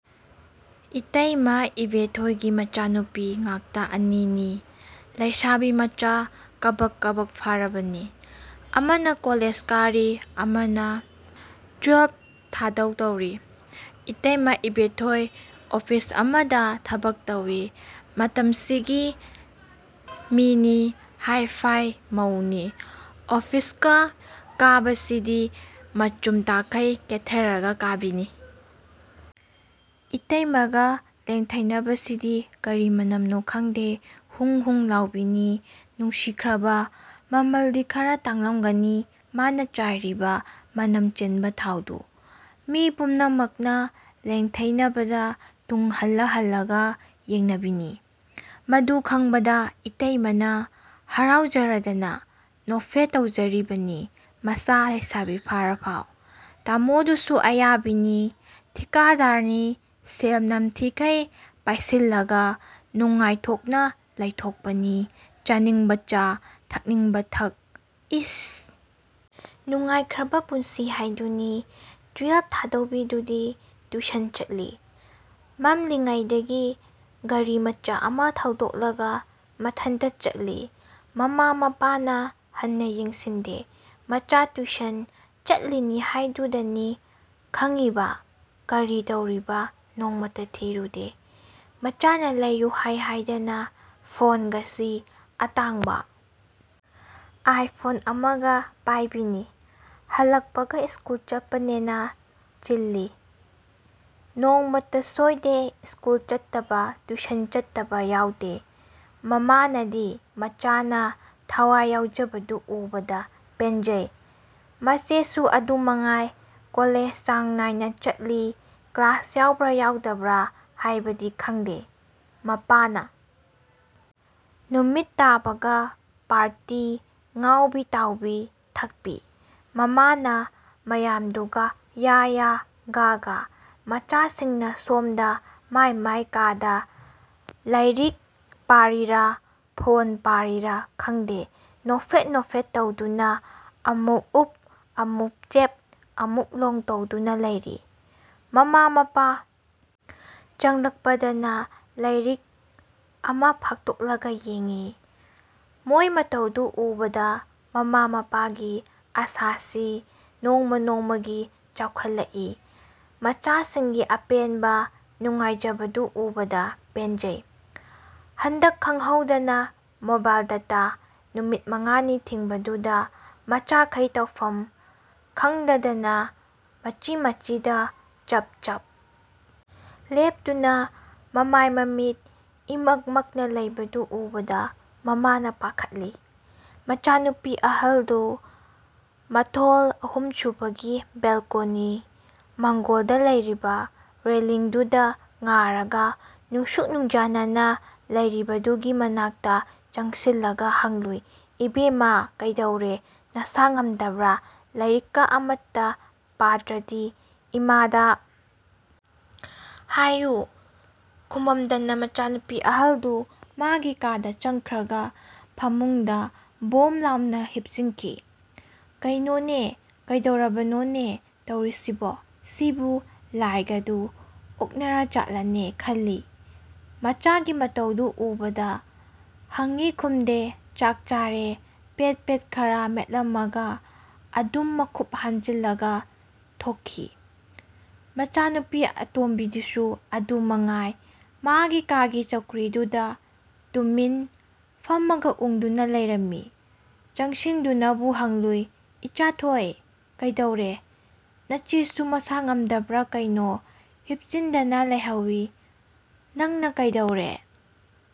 ꯏꯇꯩꯃ ꯏꯕꯦꯊꯣꯏꯒꯤ ꯃꯆꯥꯅꯨꯄꯤ ꯉꯥꯛꯇ ꯑꯅꯤꯅꯤ꯫ ꯂꯩꯁꯥꯕꯤ ꯃꯆꯥ ꯀꯥꯕꯛ ꯀꯥꯕꯛ ꯐꯥꯔꯕꯅꯤ꯫ ꯑꯃꯅ ꯀꯣꯂꯦꯖ ꯀꯥꯔꯤ ꯑꯃꯅ ꯇꯨꯌꯦꯜꯐ ꯊꯥꯗꯧ ꯇꯧꯔꯤ꯫ ꯏꯇꯩꯃ ꯏꯕꯦꯊꯣꯏ ꯑꯣꯐꯤꯁ ꯑꯃꯗ ꯊꯕꯛ ꯇꯧꯏ ꯃꯇꯝꯁꯤꯒꯤ ꯃꯤꯅꯤ ꯍꯥꯏ-ꯐꯥꯏ ꯃꯧꯅꯤ꯫ ꯑꯣꯐꯤꯁꯀ ꯀꯥꯕꯁꯤꯗꯤ ꯃꯆꯨꯝ ꯇꯥꯈꯩ ꯀꯦꯊꯔꯒ ꯀꯥꯕꯤꯅꯤ꯫ ꯏꯇꯩꯃꯒ ꯂꯦꯡꯊꯩꯅꯕꯁꯤꯗꯤ ꯀꯔꯤ ꯃꯅꯝꯅꯣ ꯈꯪꯗꯦ ꯍꯨꯡ ꯍꯨꯡ ꯂꯥꯎꯕꯤꯅꯤ ꯅꯨꯡꯁꯤꯈ꯭ꯔꯕ ꯃꯃꯜꯗꯤ ꯈꯔ ꯇꯥꯡꯂꯝꯒꯅꯤ ꯃꯥꯅ ꯆꯥꯏꯔꯤꯕ ꯃꯅꯝ ꯆꯦꯟꯕ ꯊꯥꯎꯗꯨ꯫ ꯃꯤ ꯄꯨꯝꯅꯃꯛꯅ ꯂꯦꯡꯊꯩꯅꯕꯗ ꯇꯨꯡ ꯍꯜꯂ ꯍꯜꯂꯒ ꯌꯦꯡꯅꯕꯤꯅꯤ꯫ ꯃꯗꯨ ꯈꯪꯕꯗ ꯏꯇꯩꯃꯅ ꯍꯔꯥꯎꯖꯔꯗꯅ ꯅꯣꯛꯐꯦꯠ ꯇꯧꯖꯔꯤꯕꯅꯤ ꯃꯆꯥ ꯂꯩꯁꯥꯕꯤ ꯐꯥꯔꯐꯥꯎ꯫ ꯇꯥꯃꯣꯗꯨꯁꯨ ꯑꯌꯥꯕꯤꯅꯤ꯫ ꯊꯤꯀꯥꯗꯥꯔꯅꯤ ꯁꯦꯜ ꯅꯝꯊꯤꯈꯩ ꯄꯥꯏꯁꯤꯜꯂꯒ ꯅꯨꯉꯥꯢꯊꯣꯛꯅ ꯂꯩꯊꯣꯛꯄꯅꯤ꯫ ꯆꯥꯅꯤꯡꯕ ꯆꯥ ꯊꯛꯅꯤꯡꯕ ꯊꯥꯛ ꯏꯁ! ꯅꯨꯡꯉꯥꯏꯈ꯭ꯔꯕ ꯄꯨꯟꯁꯤ ꯍꯥꯏꯗꯨꯅꯤ꯫ ꯇꯨꯌꯦꯜꯐ ꯊꯥꯗꯧꯕꯤꯗꯨꯗꯤ ꯇ꯭ꯌꯨꯁꯟ ꯆꯠꯂꯤ꯫ ꯃꯝꯂꯤꯉꯩꯗꯒꯤ ꯒꯥꯔꯤ ꯃꯆꯥ ꯑꯃ ꯊꯧꯗꯣꯛꯂꯒ ꯃꯊꯟꯇ ꯆꯠꯂꯤ꯫ ꯃꯃꯥ ꯃꯄꯥꯅ ꯍꯟꯅ ꯌꯦꯡꯁꯤꯟꯗꯦ ꯃꯆꯥ ꯇ꯭ꯌꯨꯁꯟ ꯆꯠꯂꯤꯅꯤ ꯍꯥꯏꯗꯨꯗꯅꯤ ꯈꯪꯏꯕ ꯀꯔꯤ ꯇꯧꯔꯤꯕ ꯅꯣꯡꯃꯇ ꯊꯤꯔꯨꯗꯦ꯫ ꯃꯆꯥꯅ ꯂꯩꯌꯨ ꯍꯥꯏ ꯍꯥꯏꯗꯅ ꯐꯣꯟꯒꯁꯤ ꯑꯇꯥꯡꯕ ꯑꯥꯏ ꯐꯣꯟ ꯑꯃꯒ ꯄꯥꯏꯕꯤꯅꯤ꯫ ꯍꯜꯂꯛꯄꯒ ꯁ꯭ꯀꯨꯜ ꯆꯠꯄꯅꯦꯅ ꯆꯤꯂꯤ꯫ ꯅꯣꯡꯃꯇ ꯁꯣꯏꯗꯦ ꯁ꯭ꯀꯨꯜ ꯆꯠꯇꯕ ꯇ꯭ꯌꯨꯁꯟ ꯆꯠꯇꯕ ꯌꯥꯎꯗꯦ꯫ ꯃꯃꯥꯅꯗꯤ ꯃꯆꯥꯅ ꯊꯋꯥꯏ ꯌꯥꯎꯖꯕꯗꯨ ꯎꯕꯗ ꯄꯦꯟꯖꯩ꯫ ꯃꯆꯦꯁꯨ ꯑꯗꯨꯃꯉꯥꯏ ꯀꯣꯂꯦꯖ ꯆꯥꯡ ꯅꯥꯏꯅ ꯆꯠꯂꯤ ꯀ꯭ꯂꯥꯁ ꯌꯥꯎꯕ꯭ꯔ ꯌꯥꯎꯗꯕ꯭ꯔ ꯍꯥꯏꯕꯗꯤ ꯈꯪꯗꯦ꯫ ꯃꯄꯥꯅ ꯅꯨꯃꯤꯠ ꯇꯥꯕꯒ ꯄꯥꯔꯇꯤ ꯉꯧꯕꯤ ꯇꯥꯎꯕꯤ ꯊꯛꯄꯤ꯫ ꯃꯃꯥꯅ ꯃꯌꯥꯝꯗꯨꯒ ꯌꯥ-ꯌꯥ ꯒꯥ-ꯒꯥ꯫ ꯃꯆꯥꯁꯤꯡꯅ ꯁꯣꯝꯗ ꯃꯥꯏ ꯃꯥꯏ ꯀꯥꯗ ꯂꯥꯏꯔꯤꯛ ꯄꯥꯔꯤꯔ ꯐꯣꯟ ꯄꯥꯔꯤꯔ ꯈꯪꯗꯦ ꯅꯣꯛꯐꯦꯠ ꯅꯣꯛꯐꯦꯠ ꯇꯧꯗꯨꯅ ꯑꯃꯨꯛ ꯎꯞ ꯑꯃꯨꯛ ꯆꯦꯞ ꯑꯃꯨꯛ ꯂꯣꯡ ꯇꯧꯗꯨꯅ ꯂꯩꯔꯤ꯫ ꯃꯃꯥ ꯃꯄꯥ ꯆꯪꯂꯛꯄꯗꯅ ꯂꯥꯏꯔꯛ ꯑꯃ ꯐꯥꯛꯇꯣꯛꯂꯒ ꯌꯦꯡꯏ꯫ ꯃꯣꯏ ꯃꯇꯧꯗꯨ ꯎꯕꯗ ꯃꯃꯥ ꯃꯄꯥꯒꯤ ꯑꯥꯁꯥꯁꯤ ꯅꯣꯡꯃ ꯅꯣꯡꯃꯒꯤ ꯆꯥꯎꯈꯠꯂꯛꯏ꯫ ꯃꯆꯥꯁꯤꯡꯒꯤ ꯑꯄꯦꯟꯕ ꯅꯨꯡꯉꯥꯏꯖꯕꯗꯨ ꯎꯕꯗ ꯄꯦꯟꯖꯩ꯫ ꯍꯟꯗꯛ ꯈꯪꯍꯧꯗꯅ ꯃꯣꯕꯥꯏꯜ ꯗꯦꯇꯥ ꯅꯨꯃꯤꯠ ꯃꯉꯥꯅꯤ ꯊꯤꯡꯕꯗꯨꯗ ꯃꯆꯥꯈꯩ ꯇꯧꯐꯝ ꯈꯪꯗꯗꯅ ꯃꯆꯤ ꯃꯆꯤꯗ ꯆꯞ ꯆꯞ ꯂꯦꯞꯇꯨꯅ ꯃꯃꯥꯏ ꯃꯃꯤꯠ ꯏꯃꯛ ꯃꯛꯅ ꯂꯩꯕꯗꯨ ꯎꯕꯗ ꯃꯃꯥꯅ ꯄꯥꯈꯠꯂꯤ꯫ ꯃꯆꯥ ꯅꯨꯄꯤ ꯑꯍꯜꯗꯨ ꯃꯊꯣꯜ ꯑꯍꯨꯝꯁꯨꯕꯒꯤ ꯕꯦꯜꯀꯣꯅꯤ ꯃꯥꯡꯒꯣꯜꯗ ꯂꯩꯔꯤꯕ ꯔꯦꯂꯤꯡꯗꯨꯗ ꯉꯥꯔꯒ ꯅꯨꯡꯁꯨꯛ ꯅꯨꯡꯖꯥꯅꯅ ꯂꯩꯔꯤꯕꯗꯨꯒꯤ ꯃꯅꯥꯛꯇ ꯆꯪꯁꯤꯜꯂꯒ ꯍꯪꯂꯨꯏ ꯏꯕꯦꯝꯃ ꯀꯩꯗꯧꯔꯦ ꯅꯁꯥ ꯉꯝꯗꯕ꯭ꯔ ꯂꯥꯏꯔꯤꯛꯀ ꯑꯃꯠꯇ ꯄꯥꯗ꯭ꯔꯗꯤ ꯏꯃꯥꯗ ꯍꯥꯏꯌꯨ꯫ꯈꯨꯝꯃꯝꯗꯅ ꯃꯆꯥꯅꯨꯄꯤ ꯑꯍꯜꯗꯨ ꯃꯥꯒꯤ ꯀꯥꯗ ꯆꯪꯈ꯭ꯔꯒ ꯐꯃꯨꯡꯗ ꯕꯣꯝ ꯂꯥꯎꯅ ꯍꯤꯞꯆꯤꯟꯈꯤ꯫ ꯀꯩꯅꯣꯅꯦ ꯀꯩꯗꯧꯔꯕꯅꯣꯅꯦ ꯇꯧꯔꯤꯁꯤꯕꯣ ꯁꯤꯕꯨ ꯂꯥꯏꯒꯥꯏꯗꯨ ꯑꯣꯛꯅꯔꯖꯥꯠꯂꯅꯦ ꯈꯜꯂꯤ ꯃꯆꯥꯒꯤ ꯃꯇꯧꯗꯨ ꯎꯕꯗ ꯍꯪꯏ ꯈꯨꯝꯗꯦ ꯆꯥꯛ ꯆꯥꯔꯦ ꯄꯦꯠ ꯄꯦꯠ ꯈꯔ ꯃꯦꯠꯂꯝꯃꯒ ꯑꯗꯨꯝ ꯃꯈꯨꯠ ꯍꯥꯝꯖꯤꯜꯂꯒ ꯊꯣꯛꯈꯤ꯫ ꯃꯆꯥꯅꯨꯄꯤ ꯑꯇꯣꯟꯕꯤꯗꯨꯁꯨ ꯑꯗꯨ ꯃꯉꯥꯏ ꯃꯥꯒꯤ ꯀꯥꯒꯤ ꯆꯧꯀ꯭ꯔꯤꯗꯨꯗ ꯇꯨꯃꯤꯟ ꯐꯝꯃꯒ ꯎꯪꯗꯨꯅ ꯂꯩꯔꯝꯃꯤ꯫ ꯆꯪꯁꯤꯟꯗꯨꯅꯕꯨ ꯍꯪꯂꯨꯏ ꯏꯆꯥꯊꯣꯏ ꯀꯩꯗꯧꯔꯦ ꯅꯆꯦꯁꯨ ꯃꯁꯥ ꯉꯝꯗꯕ꯭ꯔ ꯀꯩꯅꯣ ꯍꯤꯞꯆꯤꯟꯗꯅ ꯂꯩꯍꯧꯏ꯫ ꯅꯪꯅ ꯀꯩꯗꯧꯔꯦ?